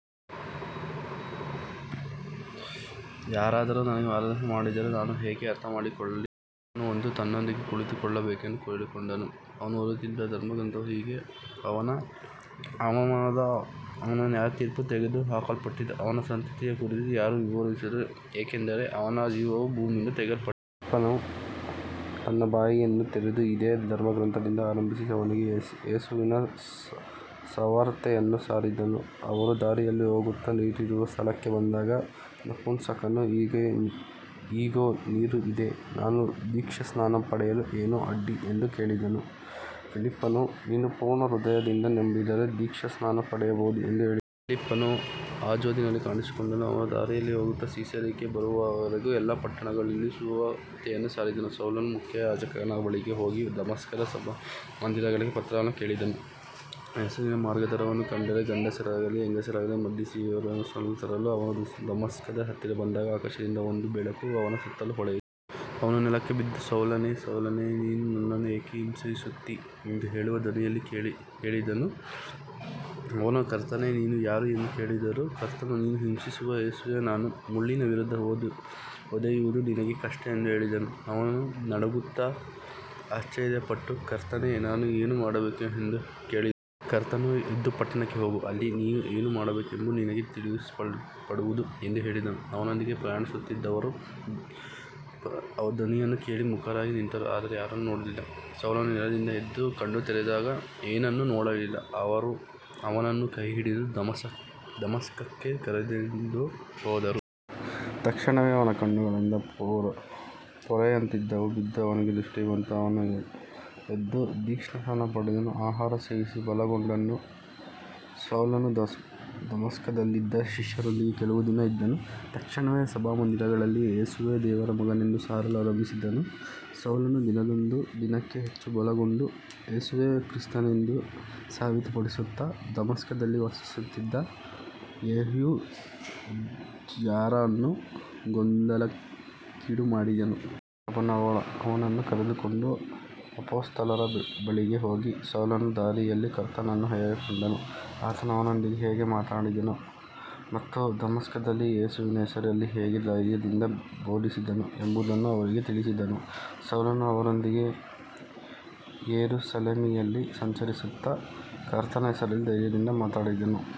ಯಾರಾದರೂ ನನಗೆ ಮಾರ್ಗದರ್ಶನ ಮಾಡದಿದ್ದರೆ ನಾನು ಹೇಗೆ ಅರ್ಥಮಾಡಿಕೊಳ್ಳಲಿ ಎಂದು ಅವನು ಕೇಳಿ, ಫಿಲಿಪ್ಪನು ಬಂದು ತನ್ನೊಂದಿಗೆ ಕುಳಿತುಕೊಳ್ಳಬೇಕೆಂದು ಕೇಳಿಕೊಂಡನು. ಅವನು ಓದುತ್ತಿದ್ದ ಧರ್ಮಗ್ರಂಥವು ಹೀಗಿತ್ತು, ಅವನ ಅವಮಾನದಲ್ಲಿ ಅವನ ನ್ಯಾಯತೀರ್ಪು ತೆಗೆದುಹಾಕಲ್ಪಟ್ಟಿತು, ಅವನ ಸಂತತಿಯ ಕುರಿತು ಯಾರು ವಿವರಿಸುವರು, ಏಕೆಂದರೆ ಅವನ ಜೀವವು ಭೂಮಿಯಿಂದ ತೆಗೆದುಹಾಕಲ್ಪಟ್ಟಿತು. ಫಿಲಿಪ್ಪನು ತನ್ನ ಬಾಯಿಯನ್ನು ತೆರೆದು ಇದೇ ಧರ್ಮಗ್ರಂಥದಿಂದ ಆರಂಭಿಸಿ ಅವನಿಗೆ ಯೇಸುವಿನ ಸುವಾರ್ತೆಯನ್ನು ಸಾರಿದನು. ಅವರು ದಾರಿಯಲ್ಲಿ ಹೋಗುತ್ತಾ ನೀರಿರುವ ಸ್ಥಳಕ್ಕೆ ಬಂದಾಗ ನಪುಂಸಕನು, ಇಗೋ ನೀರು ಇದೆ, ನಾನು ದೀಕ್ಷಾಸ್ನಾನ ಪಡೆಯಲು ಏನು ಅಡ್ಡಿ ಎಂದು ಕೇಳಿದನು. ಫಿಲಿಪ್ಪನು, ನೀನು ಪೂರ್ಣ ಹೃದಯದಿಂದ ನಂಬಿದರೆ ದೀಕ್ಷಾಸ್ನಾನ ಪಡೆಯಬಹುದು ಎಂದು ಹೇಳಿದನು. ಫಿಲಿಪ್ಪನು ಅಜೋತಿನಲ್ಲಿ ಕಾಣಿಸಿಕೊಂಡನು. ಅವನು ದಾರಿಯಲ್ಲಿ ಹೋಗುತ್ತಾ ಸಿಸೇರಿಯಾಕ್ಕೆ ಬರುವವರೆಗೆ ಎಲ್ಲ ಪಟ್ಟಣಗಳಲ್ಲಿಯೂ ಸುವಾರ್ತೆಯನ್ನು ಸಾರಿದನು. ಸೌಲನು ಮುಖ್ಯಯಾಜಕನ ಬಳಿಗೆ ಹೋಗಿ ದಮಸ್ಕದ ಸಭಾಮಂದಿರಗಳಿಗೆ ಪತ್ರಗಳನ್ನು ಕೇಳಿದನು, ಯೇಸುವಿನ ಮಾರ್ಗದವರನ್ನು ಕಂಡರೆ, ಗಂಡಸರಾಗಲಿ ಹೆಂಗಸರಾಗಲಿ, ಬಂಧಿಸಿ ಯೆರೂಸಲೇಮಿಗೆ ತರಲು. ಅವನು ದಮಸ್ಕದ ಹತ್ತಿರ ಬಂದಾಗ ಆಕಾಶದಿಂದ ಒಂದು ಬೆಳಕು ಅವನ ಸುತ್ತಲೂ ಹೊಳೆಯಿತು. ಅವನು ನೆಲಕ್ಕೆ ಬಿದ್ದು, ಸೌಲನೇ, ಸೌಲನೇ, ನೀನು ನನ್ನನ್ನು ಏಕೆ ಹಿಂಸಿಸುತ್ತೀ ಎಂದು ಹೇಳುವ ಧ್ವನಿಯನ್ನು ಕೇಳಿದನು. ಅವನು, ಕರ್ತನೇ, ನೀನು ಯಾರು ಎಂದು ಕೇಳಿದನು. ಕರ್ತನು, ನೀನು ಹಿಂಸಿಸುವ ಯೇಸುವೇ ನಾನು. ಮುಳ್ಳಿನ ವಿರುದ್ಧ ಒದೆಯುವುದು ನಿನಗೆ ಕಷ್ಟ ಎಂದು ಹೇಳಿದನು. ಅವನು ನಡುಗುತ್ತಾ ಆಶ್ಚರ್ಯಪಟ್ಟು, ಕರ್ತನೇ, ನಾನು ಏನು ಮಾಡಬೇಕು ಎಂದು ಕೇಳಿದನು. ಕರ್ತನು, ಎದ್ದು ಪಟ್ಟಣಕ್ಕೆ ಹೋಗು, ಅಲ್ಲಿ ನೀನು ಏನು ಮಾಡಬೇಕೆಂಬುದು ನಿನಗೆ ತಿಳಿಸಲ್ಪಡುವುದು ಎಂದು ಹೇಳಿದನು. ಅವನೊಂದಿಗೆ ಪ್ರಯಾಣಿಸುತ್ತಿದ್ದವರು ಧ್ವನಿಯನ್ನು ಕೇಳಿ ಮೂಕರಾಗಿ ನಿಂತರು, ಆದರೆ ಯಾರನ್ನೂ ನೋಡಲಿಲ್ಲ. ಸೌಲನು ನೆಲದಿಂದ ಎದ್ದು ಕಣ್ಣು ತೆರೆದಾಗ ಏನನ್ನೂ ನೋಡಲಿಲ್ಲ. ಅವರು ಅವನನ್ನು ಕೈಹಿಡಿದು ದಮಸ್ಕಕ್ಕೆ ಕರೆದುಕೊಂಡು ಹೋದರು. ತಕ್ಷಣವೇ ಅವನ ಕಣ್ಣುಗಳಿಂದ ಪೊರೆಯಂತಿದ್ದವು ಬಿದ್ದು ಅವನಿಗೆ ದೃಷ್ಟಿ ಬಂತು. ಅವನು ಎದ್ದು ದೀಕ್ಷಾಸ್ನಾನ ಪಡೆದನು. ಆಹಾರ ಸೇವಿಸಿ ಬಲಗೊಂಡನು. ಸೌಲನು ದಮಸ್ಕದಲ್ಲಿದ್ದ ಶಿಷ್ಯರೊಂದಿಗೆ ಕೆಲವು ದಿನ ಇದ್ದನು. ತಕ್ಷಣವೇ ಸಭಾಮಂದಿರಗಳಲ್ಲಿ ಯೇಸುವೇ ದೇವರ ಮಗನೆಂದು ಸಾರಲು ಆರಂಭಿಸಿದನು. ಸೌಲನು ದಿನದಿಂದ ದಿನಕ್ಕೆ ಹೆಚ್ಚು ಬಲಗೊಂಡು, ಯೇಸುವೇ ಕ್ರಿಸ್ತನೆಂದು ಸಾಬೀತುಪಡಿಸುತ್ತಾ ದಮಸ್ಕದಲ್ಲಿ ವಾಸಿಸುತ್ತಿದ್ದ ಯೆಹೂದ್ಯರನ್ನು ಗೊಂದಲಕ್ಕೀಡುಮಾಡಿದನು. ಬಾರ್ನಬನು ಅವನನ್ನು ಕರೆದುಕೊಂಡು ಅಪೊಸ್ತಲರ ಬಳಿಗೆ ಹೋಗಿ, ಸೌಲನು ದಾರಿಯಲ್ಲಿ ಕರ್ತನನ್ನು ಹೇಗೆ ಕಂಡನು, ಆತನು ಅವನೊಂದಿಗೆ ಹೇಗೆ ಮಾತನಾಡಿದನು ಮತ್ತು ದಮಸ್ಕದಲ್ಲಿ ಯೇಸುವಿನ ಹೆಸರಿನಲ್ಲಿ ಹೇಗೆ ಧೈರ್ಯದಿಂದ ಬೋಧಿಸಿದನು ಎಂಬುದನ್ನು ಅವರಿಗೆ ತಿಳಿಸಿದನು. ಸೌಲನು ಅವರೊಂದಿಗೆ ಯೆರೂಸಲೇಮಿನಲ್ಲಿ ಸಂಚರಿಸುತ್ತಾ ಕರ್ತನ ಹೆಸರಿನಲ್ಲಿ ಧೈರ್ಯದಿಂದ ಮಾತನಾಡಿದನು.